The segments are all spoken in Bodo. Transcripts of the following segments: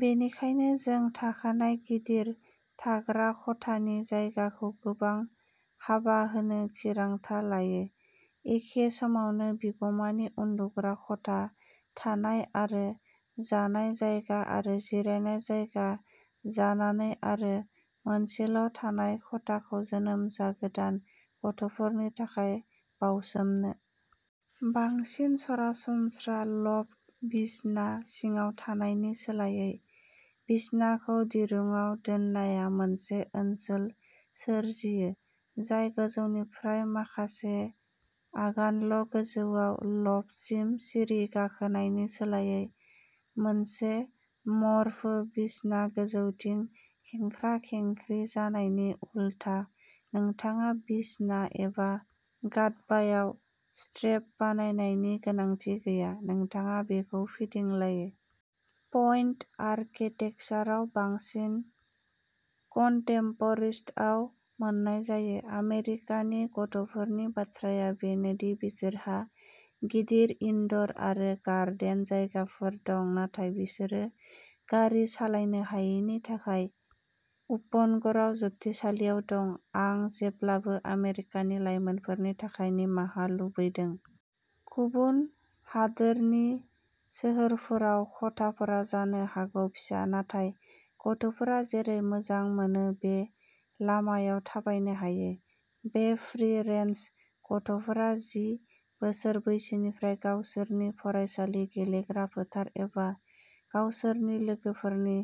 बेनिखायनो जों थाखानाय गिदिर थाग्रा खथानि जायगाखौ गोबां हाबा होनो थिरांथा लायो, एखे समावनो बिगुमानि उन्दुग्रा खथा, थानाय आरो जानाय जायगा आरो जिरायनाय जायगा जानानै आरो मोनसेल' थानाय खथाखौ जोनोम जागोदान गथ'फोरनि थाखाय बावसोमनो। बांसिन सरासनस्रा लफ्ट बिसना सिङाव थानायनि सोलायै, बिसनाखौ दिरुंआव दोननाया मोनसे ओनसोल सोरजियो जाय गोजौनिफ्राय माखासे आगानल' गोजौआव, लफ्टसिम सिरि गाखोनायनि सोलायै। मोनसे मर्फी बिसना गोजौथिं खेंख्रा खेंख्रि जानायनि उलथा, नोंथाङा बिसना एबा गादबायाव स्ट्रेप बानायनायनि गोनांथि गैया, नोंथाङा बेखौ फिदिंलायो। पइन्ट आर्किटेकसाराव बांसिन, कन्टेम्प'रिस्टआव मोन्नाय जायो। आमेरिकानि गथ'फोरनि बाथ्राया बेनो दि बिसोरहा गिदिर इनड'र आरो गार्डेन जायगाफोर दं, नाथाय बिसोरो गारि सालायनो हायैनि थाखाय उपनगराव जोबथेसालियाव दं। आं जेब्लाबो आमेरिकानि लाइमोनफोरनि थाखाय निमाहा लुबैदों। गुबुन हादोरनि सोहोरफोराव, खथाफोरा जानो हागौ फिसा नाथाय गथ'फोरा जेरै मोजां मोनो बे लामायाव थाबायनो हायो। बे फ्रि रेन्ज गथ'फोरा जि बोसोर बैसोनिफ्राय गावसोरनि फरायसालि, गेलेग्रा फोथार एबा गावसोरनि लोगोफोरनि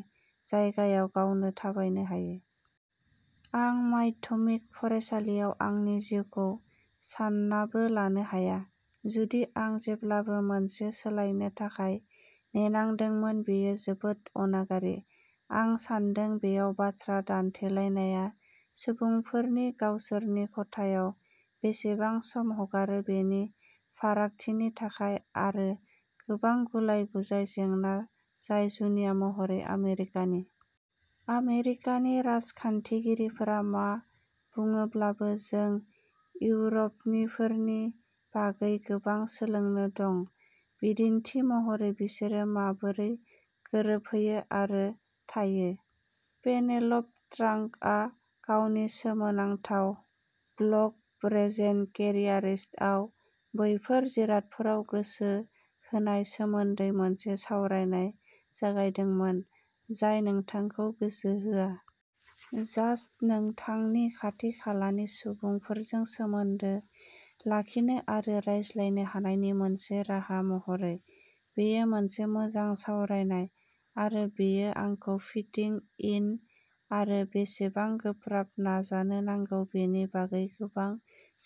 जायगायाव गावनो थाबायनो हायो। आं माध्यमिक फरायसालियाव आंनि जिउखौ साननाबो लानो हाया, जुदि आं जेब्लाबो मोनसे सालायनो थाखाय नेनांदोंमोन! बेयो जोबोद अनागारि! आं सान्दों बेयाव बाथ्रा दान्थेलायनाया सुबुंफोरनि गावसोरनि खथायाव बेसेबां सम हगारो बेनि फारागथिनि थाखाय, आरो गोबां गुलाय गुजाय जेंना जाय जुनिया महरै आमेरिकानि। आमेरिकानि राजखान्थिगिरिफोरा मा बुङोब्लाबो, जों इउर'पनिफोरनि बागै गोबां सोलोंनो दं। बिदिन्थि महरै, बिसोरो माबोरै गोरोबहोयो आरो थायो। पेनेल'प ट्रांकआ गावनि सोमोनांथाव ब्लग ब्रेजेन केरियारिस्टआव, बैफोर जिरादफोराव गोसो होनाय सोमोन्दै मोनसे सावरायनाय जागायदोंमोन, जाय नोंथांखौ गोसो होआ। जास्ट नोंथांनि खाथि खालानि सुबुंफोरजों सोमोन्दो लाखिनो आरो रायज्लायनो हानायनि मोनसे राहा महरै। बेयो मोनसे मोजां सावरायनाय, आरो बेयो आंखौ फिटिं इन आरो बेसेबां गोब्राब नाजानो नांगौ बेनि बागै गोबां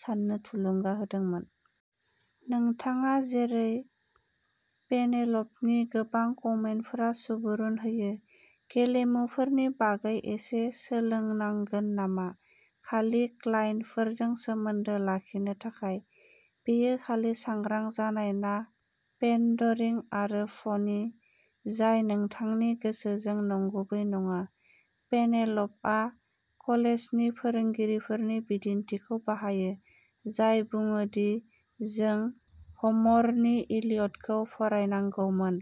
साननो थुलुंगा होदोंमोन। नोंथाङा, जेरै पेनेल'पनि गोबां कमेन्टारफोरा सुबुरुन होयो, गेलेमुफोरनि बागै एसे सोलोंनांगोन नामा खालि क्लाइन्टफोरजों सोमोन्दो लाखिनो थाखाय? बेयो खालि सांग्रां जानाय ना पेन्डरिंग आरो फ'नि जाय नोंथांनि गोसोजों नंगुबै नङा? पेनेल'पआ कलेजनि फोरोंगिरिफोरनि बिदिन्थिखौ बाहायो, जाय बुङो दि जों ह'मरनि इलियडखौ फरायनांगौमोन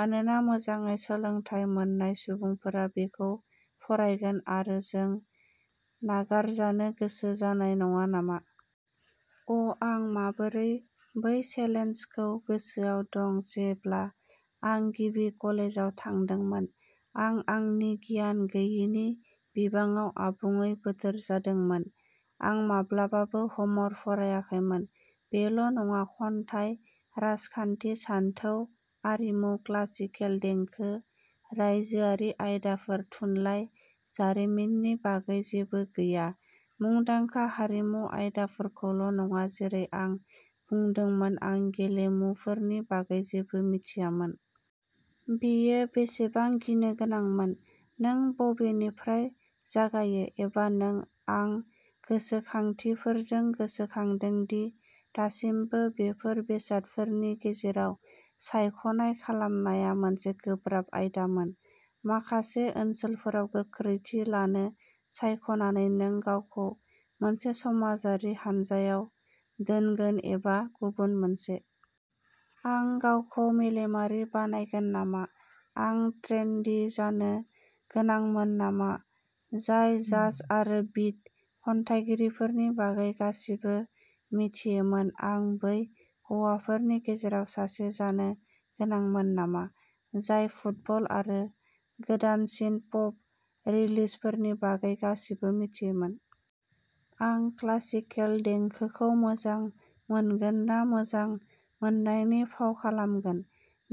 मानोना मोजाङै सोलोंथाय मोननाय सुबुंफोरा बेखौ फरायगोन, आरो जों नागारजानो गोसो जानाय नङा नामा? अ, आं माबोरै बै चेलेन्जखौ गोसोआव दं जेब्ला आं गिबि कलेजाव थांदोंमोन! आं आंनि गियान गैयिनि बिबाङाव आबुङै बोदोर जादोंमोन। आं माब्लाबाबो ह'मर फरायाखैमोन बेल' नङा खन्थाइ, राजखान्थि, सानथौ, आरिमु, क्लासिकेल देंखो, रायजोआरि आयदाफोर, थुनलाइ, जारिमिननि बागै जेबो गैया, मुंदांखा हारिमु आयदाफोरखौल' नङा जेरै आं बुंदोंमोन, आं गेलेमुफोरनि बागै जेबो मिथियामोन। बेयो बेसेबां गिनो गोनांमोन! नों बबेनिफ्राय जागायो? एबा नों? आं गोसोखांथिफोरजों गोसोखांदों दि दासिमबो, बेफोर बेसादफोरनि गेजेराव सायख'नाय खालामनाया मोनसे गोब्राब आयदामोन। माखासे ओनसोलफोराव' गोख्रैथि लानो सायख'नानै, नों गावखौ मोनसे समाजारि हानजायाव दोनगोन एबा गुबुन मोनसे। आं गावखौ मेलेमारि बानायगोन नामा? आं ट्रेन्डी जानो गोनांमोन नामा जाय जाज आरो बिट खन्थाइगिरिफोरनि बागै गासिबो मिथियोमोन? आं बै हौवाफोरनि गेजेराव सासे जानो गोनांमोन नामा जाय फुटबल आरो गोदानसिन पप रिलिजफोरनि बागै गासिबो मिथियोमोन? आं क्लासिकेल देंखोखौ मोजां मोनगोन ना मोजां मोननायनि फाव खालामगोन?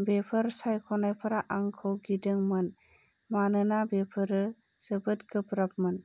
बेफोर सायख'नायफोरा आंखौ गिदोंमोन मानोना बेफोरो जोबोद गोब्राबमोन।